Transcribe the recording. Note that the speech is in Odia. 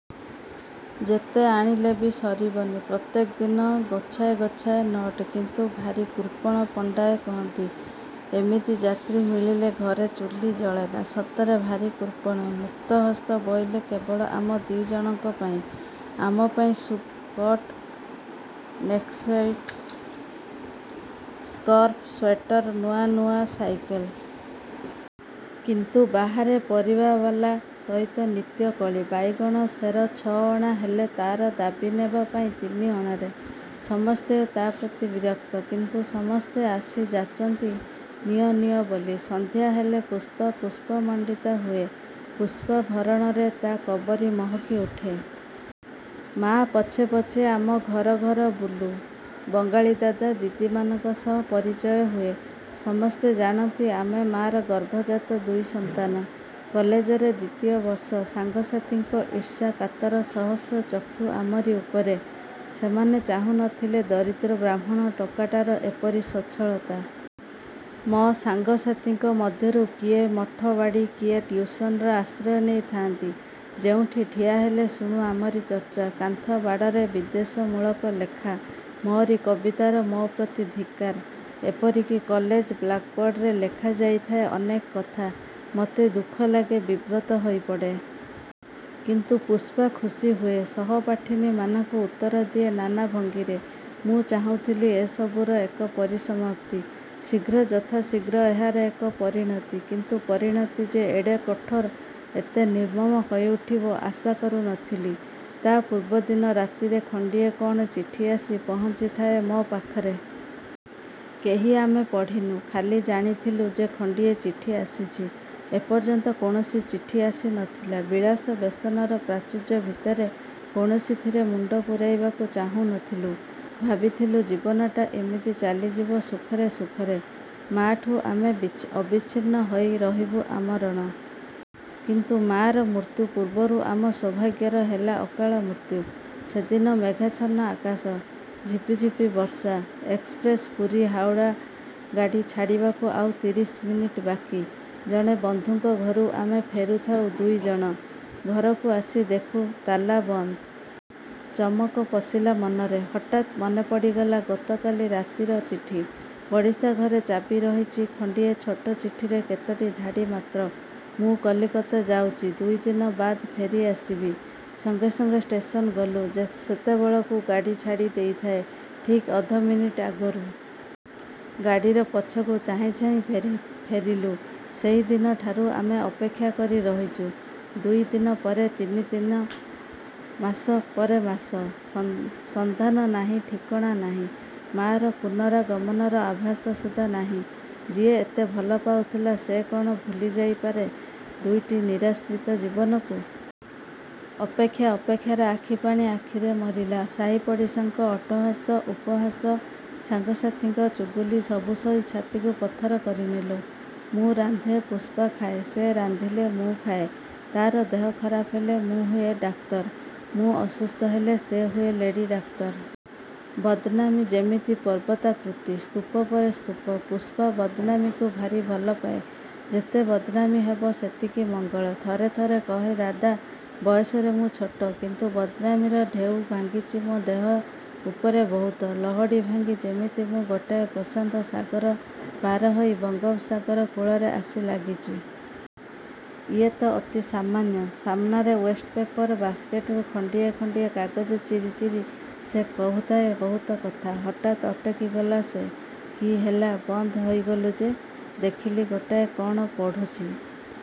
ଯେତେ ଆଣିଲେ ବି ସରିବନି। ପ୍ରତ୍ୟେକ ଦିନ ଗୋଛାଏ ଗୋଛାଏ ନୋଟ। କିନ୍ତୁ ଭାରି କୃପଣ। ପଣ୍ଡାଏ କହନ୍ତି, ଏମିତି ଯାତ୍ରୀ ମିଳିଲେ ଘରେ ଚୁଲି ଜଳେନା। ସତରେ ଭାରି କୃପଣ ମୁକ୍ତହସ୍ତା ବୋଇଲେ କେବଳ ଆମ ଦି'ଜଣଙ୍କ ପାଇଁ। ଆମ ପାଇଁ suit, coat, necktie, scarf, sweater, ନୂଆ ନୂଆ ସାଇକେଲ। କିନ୍ତୁ ବାହାରେ ପରିବାୱାଲା ସହିତ ନିତ୍ୟକଳି। ବାଇଗଣ ସେର ଛଅ ଅଣା ହେଲେ ତାର ଦାବୀ ନେବା ପାଇଁ ତିନି ଅଣାରେ। ସମସ୍ତେ ତା ପ୍ରତି ବିରକ୍ତ, କିନ୍ତୁ ସମସ୍ତେ ଆସି ଯାଚନ୍ତି ନିଅ ନିଅ ବୋଲି। ସନ୍ଧ୍ୟା ହେଲେ ପୁଷ୍ପା ପୁଷ୍ପମଣ୍ଡିତା ହୁଏ। ପୁଷ୍ପାଭରଣରେ ତା କବରୀ ମହକି ଉଠେ। ମା ପଛେ ପଛେ ଆମ ଘର ଘର ବୁଲୁ। ବଙ୍ଗାଳୀଦାଦା ଦିଦିମାନଙ୍କ ସହ ପରିଚୟ ହୁଏ। ସମସ୍ତେ ଜାଣନ୍ତି, ଆମେ ମା'ର ଗର୍ଭଜାତ ଦୁଇ ସନ୍ତାନ। କଲେଜରେ ଦ୍ୱିତୀୟ ବର୍ଷ। ସାଙ୍ଗସାଥିଙ୍କ ଈର୍ଷାକାତର ସହସ୍ର ଚକ୍ଷୁ ଆମରି ଉପରେ। ସେମାନେ ଚାହୁଁ ନ ଥିଲେ ଦରିଦ୍ର ବ୍ରାହ୍ମଣ ଟୋକାଟାର ଏପରି ସ୍ୱଚ୍ଛଳତା। ମୋ ସାଙ୍ଗସାଥିଙ୍କ ମଧ୍ୟରୁ କିଏ ମଠବାଡ଼ି, କିଏ ଟ୍ୟୁସନର ଆଶ୍ରୟ ନେଇଥାଆନ୍ତି। ଯେଉଁଠି ଠିଆହେଲେ ଶୁଣୁ ଆମରି ଚର୍ଚ୍ଚା। କାନ୍ଥ ବାଡ଼ରେ ବିଦ୍ୱେଷମୂଳକ ଲେଖା। ମୋରି କବିତାର ମୋ ପ୍ରତି ଧିକ୍କାର। ଏପରିକି କଲେଜ ବ୍ଲାକ୍‌ବୋର୍ଡରେ ଲେଖାଯାଇଥାଏ ଅନେକ କଥା। ମତେ ଦୁଃଖ ଲାଗେ। ବିବ୍ରତ ହୋଇପଡ଼େ। କିନ୍ତୁ ପୁଷ୍ପା ଖୁସି ହୁଏ। ସହପାଠିନୀମାନଙ୍କୁ ଉତ୍ତର ଦିଏ ନାନା ଭଙ୍ଗୀରେ। ମୁଁ ଚାହୁଁଥିଲି ଏସବୁର ଏକ ପରିସମାପ୍ତି। ଶୀଘ୍ର ଯଥାଶୀଘ୍ର ଏହାର ଏକ ପରିଣତି। କିନ୍ତୁ ପରିଣତି ଯେ ଏଡ଼େ କଠୋର, ଏତେ ନିର୍ମମ ହୋଇଉଠିବ, ଆଶା କରୁ ନ ଥିଲି! ତା ପୂର୍ବଦିନ ରାତିରେ ଖଣ୍ଡିଏ କ'ଣ ଚିଠି ଆସି ପହଞ୍ଚିଥାଏ ମୋ ପାଖରେ। କେହି ଆମେ ପଢ଼ିନୁ। ଖାଲି ଜାଣିଥିଲୁ ଯେ ଖଣ୍ଡିଏ ଚିଠି ଆସିଛି। ଏପର୍ଯ୍ୟନ୍ତ କୌଣସି ଚିଠି ଆସି ନ ଥିଲା। ବିଳାସବ୍ୟସନର ପ୍ରାଚୁର୍ଯ୍ୟ ଭିତରେ କୌଣସିଥିରେ ମୁଣ୍ଡ ପୂରାଇବାକୁ ଚାହୁଁ ନ ଥିଲୁ। ଭାବିଥିଲୁ ଜୀବନଟା ଇମିତି ଚାଲିଯିବ ସୁଖରେ ସୁଖରେ। ମା'ଠୁ ଆମେ ବିଛ ଅବିଚ୍ଛିନ୍ନ ହୋଇ ରହିବୁ ଆମରଣ। କିନ୍ତୁ ମା'ର ମୃତ୍ୟୁ ପୂର୍ବରୁ ଆମ ସୌଭାଗ୍ୟର ହେଲା ଅକାଳ ମୃତ୍ୟୁ। ସେଦିନ ମେଘାଚ୍ଛନ୍ନ ଆକାଶ। ଝିପି ଝିପି ବର୍ଷା। ଏକ୍ସପ୍ରେସ ପୁରୀ ହାଉରା ଗାଡ଼ି ଛାଡ଼ିବାକୁ ଆଉ ତିରିଶ ମିନିଟ ବାକୀ। ଜଣେ ବନ୍ଧୁଙ୍କ ଘରୁ ଆମେ ଫେରୁଥାଉ ଦୁଇଜଣ। ଘରକୁ ଆସି ଦେଖୁ, ତାଲା ବନ୍ଦ। ଚମକ ପଶିଲା ମନରେ। ହଠାତ୍ ମନେ ପଡ଼ିଗଲା ଗତକାଲି ରାତିର ଚିଠି। ପଡ଼ିଶା ଘରେ ଚାବି ରହିଛି ଖଣ୍ଡିଏ ଛୋଟ ଚିଠିରେ କେତୋଟି ଧାଡ଼ି ମାତ୍ର। ମୁଁ କଲିକତା ଯାଉଚି, ଦୁଇଦିନ ବାଦ୍ ଫେରିଆସିବି। ସଙ୍ଗେ ସଙ୍ଗେ ଷ୍ଟେସନ ଗଲୁ। ସେତେବେଳକୁ ଗାଡ଼ି ଛାଡ଼ି ଦେଇଥାଏ ଠିକ୍ ଅଧ ମିନିଟ ଆଗରୁ। ଗାଡ଼ିର ପଛକୁ ଚାହିଁ ଚାହିଁ ଫେରି ଫେରିଲୁ। ସେହିଦିନଠାରୁ ଆମେ ଅପେକ୍ଷା କରି ରହିଚୁ। ଦୁଇ ଦିନପରେ ତିନି ଦିନ, ମାସ ପରେ ମାସ। ସନ୍ଧାନ ନାହିଁ, ଠିକଣା ନାହିଁ। ମା'ର ପୁନରାଗମନର ଆଭାସ ସୁଦ୍ଧା ନାହିଁ। ଯିଏ ଏତେ ଭଲ ପାଉଥିଲା, ସେ କ'ଣ ଭୁଲିଯାଇପାରେ ଦୁଇଟି ନିରାଶ୍ରିତ ଜୀବନକୁ? ଅପେକ୍ଷା ଅପେକ୍ଷାରେ ଆଖିପାଣି ଆଖିରେ ମରିଲା। ସାହିପଡ଼ିଶାଙ୍କ ଅଟ୍ଟହାସ, ଉପହାସ, ସାଙ୍ଗସାଥିଙ୍କ ଚୁଗୁଲି ସବୁ ସହି ଛାତିକୁ ପଥର କରିନେଲୁ। ମୁଁ ରାନ୍ଧେ, ପୁଷ୍ପା ଖାଏ ସେ ରାନ୍ଧିଲେ ମୁଁ ଖାଏ। ତାର ଦେହ ଖରାପ ହେଲେ ମୁଁ ହୁଏ ଡାକ୍ତର। ମୁଁ ଅସୁସ୍ଥ ହେଲେ ସେ ହୁଏ ଲେଡି ଡାକ୍ତର। ବଦନାମି ଯେମିତି ପର୍ବତାକୃତି। ସ୍ତୂପ ପରେ ସ୍ତୂପ। ପୁଷ୍ପା ବଦନାମିକୁ ଭାରି ଭଲ ପାଏ। ଯେତେ ବଦନାମି ହେବ, ସେତିକି ମଙ୍ଗଳ। ଥରେ ଥରେ କହେ ଦାଦା, ବୟସରେ ମୁଁ ଛୋଟ କିନ୍ତୁ ବଦନାମିର ଢେଉ ଭାଙ୍ଗିଚି ମୋ ଦେହ ଉପରେ ବହୁତ। ଲହଡ଼ି ଭାଙ୍ଗି ଯେମିତି ମୁଁ ଗୋଟାଏ ପ୍ରଶାନ୍ତସାଗର ପାରହୋଇ ବଙ୍ଗୋପସାଗର କୂଳରେ ଆସି ଲାଗିଚି। ଇଏ ତ ଅତି ସାମାନ୍ୟ। ସାମନାରେ ୱେଷ୍ଟ ପେପର ବାସ୍କେଟରୁ ଖଣ୍ଡିଏ ଖଣ୍ଡିଏ କାଗଜ ଚିରି ଚିରି ସେ କହୁଥାଏ ବହୁତ କଥା। ହଠାତ୍ ଅଟକିଗଲା ସେ। କି ହେଲା, ବନ୍ଦ ହୋଇଗଲୁ ଯେ? ଦେଖିଲି ଗୋଟାଏ କ'ଣ ପଢ଼ୁଛି।